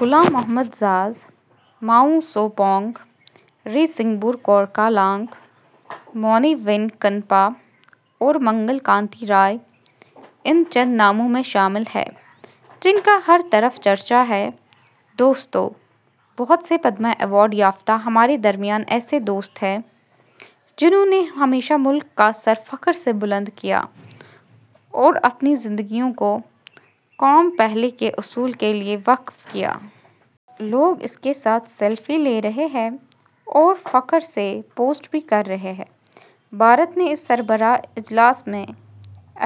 غلام محمد زاز، ماؤ سو pong, Ri Singbor Kurkalang لانگ، مونی وینکٹپا اور منگل کانتی رائے ان چند ناموں میں شامل ہیں جن کا ہر طرف چرچا ہے۔ دوستو، بہت سے پدم ایوارڈ یافتہ ہمارے درمیان ایسے دوست ہیں، جنہوں نے ہمیشہ ملک کا سر فخر سے بلند کیا، اور اپنی زندگیوں کو "قوم پہلے" کے اصول کے لیے وقف کیا۔ لوگ اس کے ساتھ سیلفی لے رہے ہیں اور فخر سے پوسٹ بھی کر رہے ہیں۔ بھارت نے اس سربراہ اجلاس میں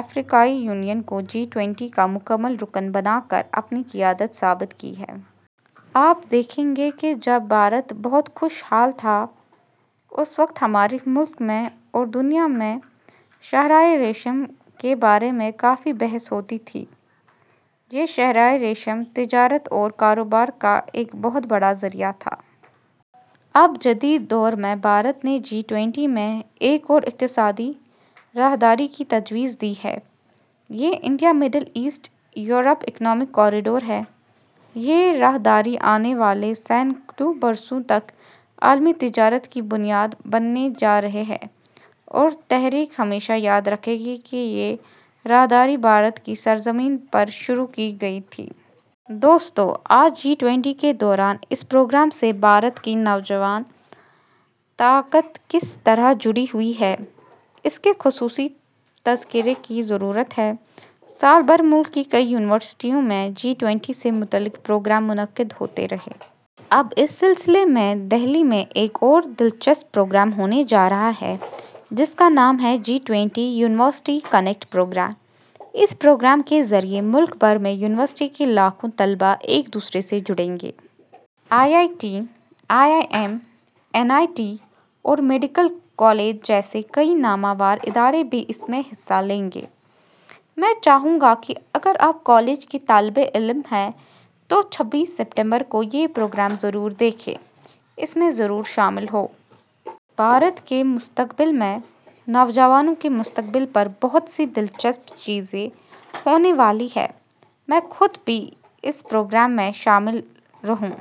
افریقی یونین کو جی ٹوئنٹی کا مکمل رکن بنا کر اپنی قیادت ثابت کی ہے۔ آپ دیکھیں گے کہ جب بھارت بہت خوشحال تھا، اس وقت ہمارے ملک میں اور دنیا میں شاہراہِ ریشم کے بارے میں کافی بحث ہوتی تھی۔ یہ شاہراہِ ریشم تجارت اور کاروبار کا ایک بہت بڑا ذریعہ تھا۔ اب جدید دور میں بھارت نے جی ٹوئنٹی میں ایک اور اقتصادی راہداری کی تجویز دی ہے۔ یہ India Middle East Europe economic corridor ہے۔ یہ راہداری آنے والے سینکڑوں برسوں تک عالمی تجارت کی بنیاد بننے جا رہی ہے اور تاریخ ہمیشہ یاد رکھے گی کہ یہ راہداری بھارت کی سرزمین پر شروع کی گئی تھی۔ دوستو، آج جی ٹوئنٹی کے دوران اس پروگرام سے بھارت کی نوجوان طاقت کس طرح جڑی ہوئی ہے، اس کے خصوصی تذکرے کی ضرورت ہے۔ سال بھر ملک کی کئی یونیورسٹیوں میں جی ٹوئنٹی سے متعلق پروگرام منعقد ہوتے رہے۔ اب اسی سلسلے میں دہلی میں ایک اور دل چسپ پروگرام ہونے جا رہا ہے جس کا نام ہے G twenty university connect program. اس پروگرام کے ذریعے ملک بھر میں یونیورسٹی کے لاکھوں طلبہ ایک دوسرے سے جڑیں گے۔ I I T, I I M, N I T اور میڈیکل کالج جیسے کئی نامور ادارے بھی اس میں حصہ لیں گے۔ میں چاہوں گا کہ اگر آپ کالج کے طالب علم ہیں تو چھبیس ستمبر کو یہ پروگرام ضرور دیکھیں، اس میں ضرور شامل ہوں۔ بھارت کے مستقبل میں، نوجوانوں کے مستقبل پر بہت سی دل چسپ چیزیں ہونے والی ہیں۔ میں خود بھی اس پروگرام میں شامل رہوں۔